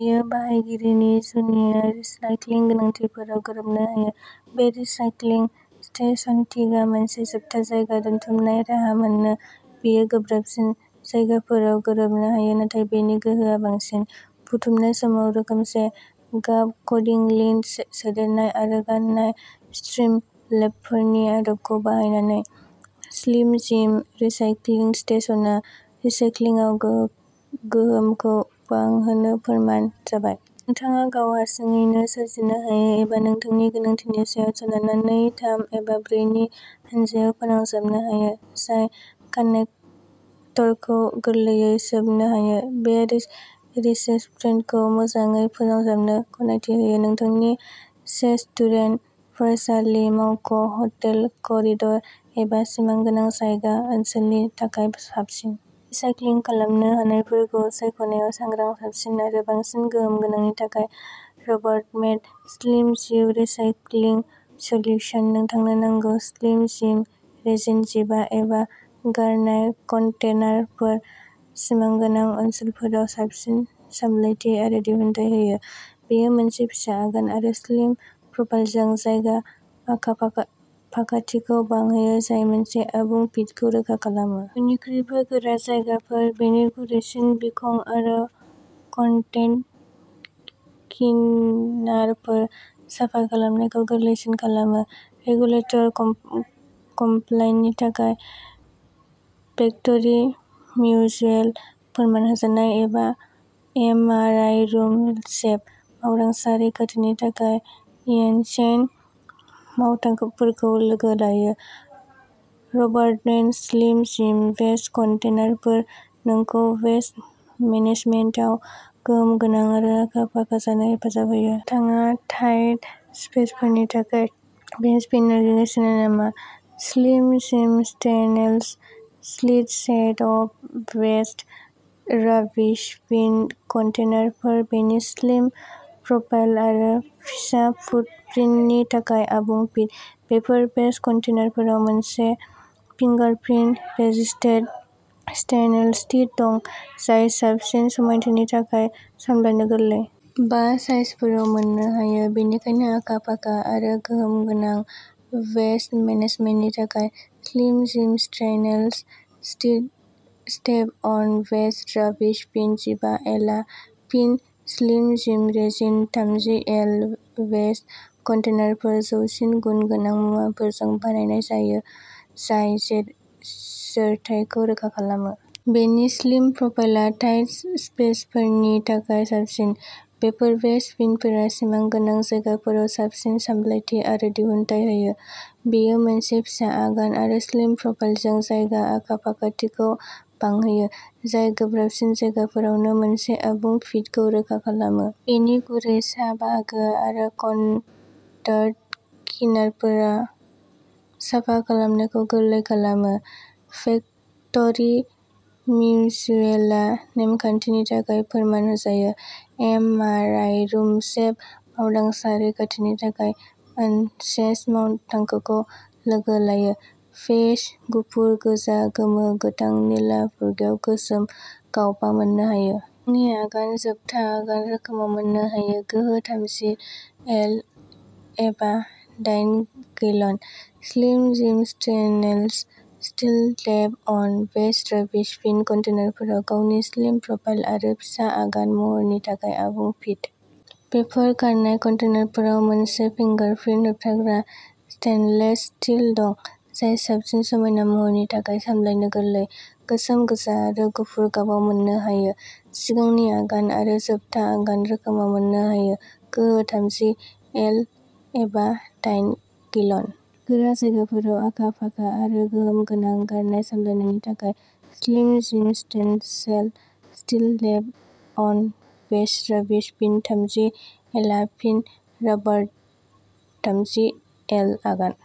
बेयो बाहायगिरिनि जुनिया रिसाइक्लिं गोनांथिफोराव गोरोबनो हायो। बे रिसाइक्लिं स्टेशन किटआ मोनसे जोबथा जायगा दोनथुमनाय राहा मानोना बेयो गोब्राबसिन जायगाफोराव गोरोबनो हायो नाथाय बेनि गोहोआ बांसिन। बुथुमनाय समाव रोखोमसे गाब क'डिं, लिद सोदेरनाय आरो गारनाय स्ट्रिम लेबेलफोरनि आदबखौ बाहायनानै, स्लिम जिम रिसाइक्लिं स्टेशनआ रिसाइक्लिंआव गोहोमखौ बांहोनो फोरमान जाबाय। नोंथाङा गाव हारसिङैनो सोरजिनो हायो, एबा नोंथांनि गोनांथिनि सायाव सोनारना नै, थाम एबा ब्रै नि हानजायाव फोनांजाबनो हायो। जाय कानेक्टरखौ गोरलैयै सेबनो हायो, बेयो रिसेप्टेकल्सखौ मोजाङै फोनांजाबनो गनायथि होयो। नोंथांनि रेस्टुरेन्ट, फरायसालि, मावख', हटेल, करिडर, एबा सिमागोनां जायगा ओनसोलनि थाखाय साबसिन। रिसाइक्लिं खालामनो हानायफोरखौ सायख'नायाव सांग्रां, साबसिन आरो बांसिन गोहोम गोनांनि थाखाय, राबारमेड स्लिम जिम रिसाइक्लिं सल्युशनआ नोंथांनो नांगौ स्लिम जिम रेजिन जिबा एल गारनाय कन्टेनारफोरा सिमागोनां ओनसोलफोराव साबसिन सामलायथि आरो दिहुनथाइ होयो। बेयो मोनसे फिसा आगान आरो स्लिम प्रफाइलजों जायगा आखा फाखाथिखौ बांहोयो, जाय मोनसे आबुं फिटखौ रोखा खालामो। बयनिख्रुइबो गोरा जायगाफोर। बेनि गुरैसिन बिखं आरो कनटर्ड किनारफोरा साफा खालामनायखौ गोरलैसिन खालामो। रेगुलेटरि कमप्लायनि थाखाय फेक्टरि मिउचुएल फोरमान होजानाय। M R I room safe. मावदांसा रैखाथिनि थाखाय ओएसएचए मानथाखोफोरखौ लोगो लायो। राबारमेड स्लिम जिम वेस्ट कन्टेनारफोरा नोंखौ वेस्ट मेनेजमेन्टाव गोहोम गोनां आरो आखा-फाखा जानो हेफाजाब होयो। नोंथाङा टाइट स्पेसफोरनि थाखाय वेस्ट बिन नागिरगासिनो नामा? Slim Jim stainless steel step on waste rubbish bin कन्टेनारफोरा बेनि स्लिम प्रफाइल आरो फिसा फुटप्रिन्टनि थाखाय आबुं फिट। बेफोर वेस्ट कन्टेनारफोराव मोनसे फिंगारप्रिन्ट रेजिस्टेन्ट स्टेइनलेस स्टील दं जाय साबसिन समायनाथिनि थाखाय सामलायनो गोरलै। बा साइजफोराव मोननो हायो। बेनिखायनो आखा-फाखा आरो गोहोम गोनां वेस्ट मेनेजमेन्टनि थाखाय, Slim Jim stainless steel step on waste rubbish bin जिबा एलआ फिन स्लिम जिम रेजिन थामजि एल वेस्ट कन्टेनारफोरा जौसिन गुन गोनां मुवाफोरजों बानायनाय जाय जोरथाइखौ रोखा खालामो। बेनि स्लिम प्रफाइलआ टाइट स्पेसफोरनि थाखाय साबसिन। बेफोर वेस्ट बिनफोरा सिमागोनां जायगाफोराव साबसिन सामलायथि आरो दिहुनथाइ होयो। बेयो मोनसे फिसा आगान आरो स्लिम प्रफाइलजों जायगा आखा-फाखाथिखौ बांहोयो, जाय गोब्राबसिन जायगाफोरावबो मोनसे आबुं फिटखौ रोखा खालामो। बेनि गुरै सा बाहागो आरो कनटर्ड किनारफोरा साफा खालामनायखौ गोरलै खालामो। फेक्टरि मिउचुएलआ नेमखान्थिनि थाखाय फोरमान होजायो। M R I room safe. मावदांसा रैखाथिनि थाखाय ओएसएचए मानथाखोखौ लोगो लायो। बेज, गुफुर, गोजा, गोमो, गोथां, निला, फुरगेव, गोसोम गाबाव मोननो हायो। सिगांनि आगान आरो जोबथा आगान रोखोमाव मोननो हायो। गोहो थामजि एल एबा दायेन gallon. Slim Jim stainless steel step on waste rubbish bin कन्टेनारफोरा गावनि स्लिम प्रफाइल आरो फिसा आगान महरनि थाखाय आबुं फिट। बेफोर गारनाय कन्टेनारफोराव मोनसे फिंगारप्रिन्ट होबथाग्रा स्टेइनलेस स्टील दं, जाय साबसिन समायना महरनि थाखाय सामलायनो गोरलै। गोसोम, गोजा आरो गुफुर गाबाव मोननो हायो। सिगांनि आगान आरो जोबथा आगान रोखोमाव मोननो हायो। गोहो थामजि एल एबा दायेन गैलन। गोरा जायगाफोराव आखा-फाखा आरो गोहोम गोनां गारनाय सामलायनायनि थाखाय, Slim Jim stainless steel step on waste rubbish bin थामजि एलआ फिन राबारमेड थामजि एल आगान,